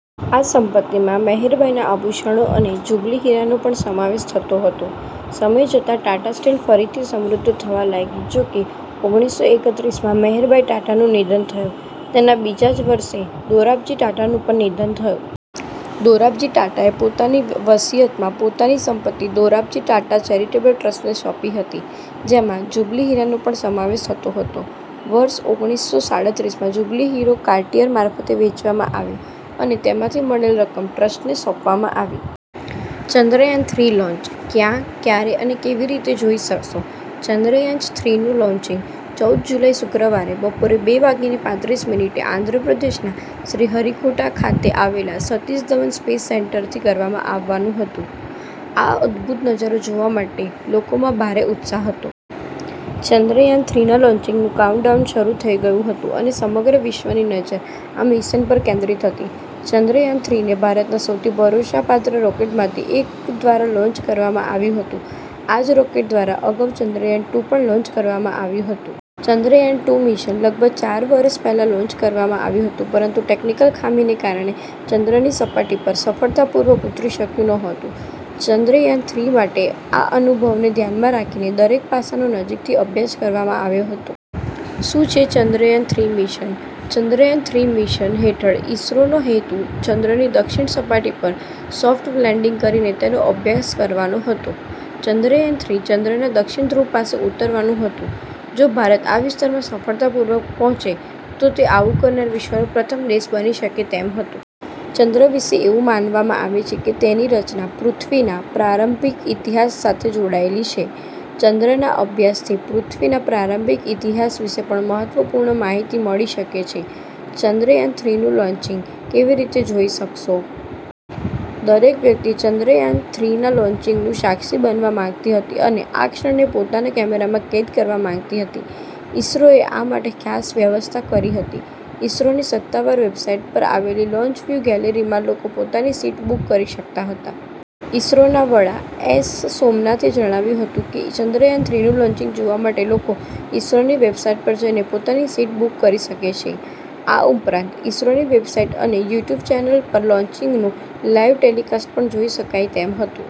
આ સંપત્તિમાં મેહેરબાઈના આભૂષણો અને જુબલી હીરાનો પણ સમાવેશ થતો હતો. સમય જતાં ટાટા સ્ટીલ ફરીથી સમૃદ્ધ થવા લાગી. જોકે, ઓગણીસો એકત્રીસમાં મેહેરબાઈ ટાટાનું નિધન થયું. તેના બીજા જ વર્ષે દોરાબજી ટાટાનું પણ નિધન થયું. દોરાબજી ટાટાએ પોતાની વસીયતમાં પોતાની સંપત્તિ દોરાબજી ટાટા ચેરિટેબલ ટ્રસ્ટને સોંપી હતી, જેમાં જુબલી હીરાનો પણ સમાવેશ થતો હતો. વર્ષ ઓગણીસો સાડત્રીસમાં જુબલી હીરો કાર્ટિયર મારફતે વેચવામાં આવ્યો અને તેમાંથી મળેલી રકમ ટ્રસ્ટને સોંપવામાં આવી. ચંદ્રયાન-થ્રી લોન્ચ: ક્યાં, ક્યારે અને કેવી રીતે જોઈ શકશો? ચંદ્રયાન-થ્રીનું લોન્ચિંગ ચૌદ જુલાઈ, શુક્રવારે બપોરે બે વાગીને પાંત્રીસ મિનિટે આંધ્રપ્રદેશના શ્રીહરિકોટા ખાતે આવેલા સતીશ ધવન સ્પેસ સેન્ટરથી કરવામાં આવવાનું હતું. આ અદભૂત નજારો જોવા માટે લોકોમાં ભારે ઉત્સાહ હતો. ચંદ્રયાન-થ્રીના લોન્ચિંગનું કાઉન્ટડાઉન શરૂ થઈ ગયું હતું અને સમગ્ર વિશ્વની નજર આ મિશન પર કેન્દ્રિત હતી. ચંદ્રયાન-થ્રીને ભારતના સૌથી ભરોસાપાત્ર રોકેટમાંથી એક દ્વારા લોન્ચ કરવામાં આવ્યું હતું. આ જ રોકેટ દ્વારા અગાઉ ચંદ્રયાન-ટૂ પણ લોન્ચ કરવામાં આવ્યું હતું. ચંદ્રયાન-ટૂ મિશન લગભગ ચાર વર્ષ પહેલાં લોન્ચ કરવામાં આવ્યું હતું, પરંતુ ટેક્નિકલ ખામીને કારણે તે ચંદ્રની સપાટી પર સફળતાપૂર્વક ઉતરી શક્યું નહોતું. ચંદ્રયાન-થ્રી માટે આ અનુભવને ધ્યાનમાં રાખીને દરેક પાસાનો નજીકથી અભ્યાસ કરવામાં આવ્યો હતો. શું છે ચંદ્રયાન-થ્રી મિશન? ચંદ્રયાન-થ્રી મિશન હેઠળ ઈસરોનો હેતુ ચંદ્રની દક્ષિણ સપાટી પર સોફ્ટ લેન્ડિંગ કરીને તેનો અભ્યાસ કરવાનો હતો. ચંદ્રયાન-થ્રી ચંદ્રના દક્ષિણ ધ્રુવ પાસે ઉતરવાનું હતું. જો ભારત આ વિસ્તારમાં સફળતાપૂર્વક પહોંચે, તો તે આવું કરનાર વિશ્વનો પ્રથમ દેશ બની શકે તેમ હતું. ચંદ્ર વિશે એવું માનવામાં આવે છે કે તેની રચના પૃથ્વીના પ્રારંભિક ઇતિહાસ સાથે જોડાયેલી છે. ચંદ્રના અભ્યાસથી પૃથ્વીના પ્રારંભિક ઇતિહાસ વિશે પણ મહત્વપૂર્ણ માહિતી મળી શકે છે. ચંદ્રયાન-થ્રીનું લોન્ચિંગ કેવી રીતે જોઈ શકશો? દરેક વ્યક્તિ ચંદ્રયાન-થ્રીના લોન્ચિંગનું સાક્ષી બનવા માંગતી હતી અને આ ક્ષણને પોતાના કેમેરામાં કેદ કરવા માંગતી હતી. ઈસરોએ આ માટે ખાસ વ્યવસ્થા કરી હતી. ઈસરોની સત્તાવાર વેબસાઈટ પર આવેલી લોન્ચ વ્યૂ ગેલેરીમાં લોકો પોતાની સીટ બુક કરી શકતા હતા. ઈસરોના વડા એસ. સોમનાથે જણાવ્યું હતું કે ચંદ્રયાન-થ્રીનું લોન્ચિંગ જોવા માટે લોકો ઈસરોની વેબસાઈટ પર જઈને પોતાની સીટ બુક કરી શકે છે. આ ઉપરાંત, ઈસરોની વેબસાઈટ અને યુટ્યુબ ચેનલ પર લોન્ચિંગનું લાઈવ ટેલિકાસ્ટ પણ જોઈ શકાય તેમ હતું.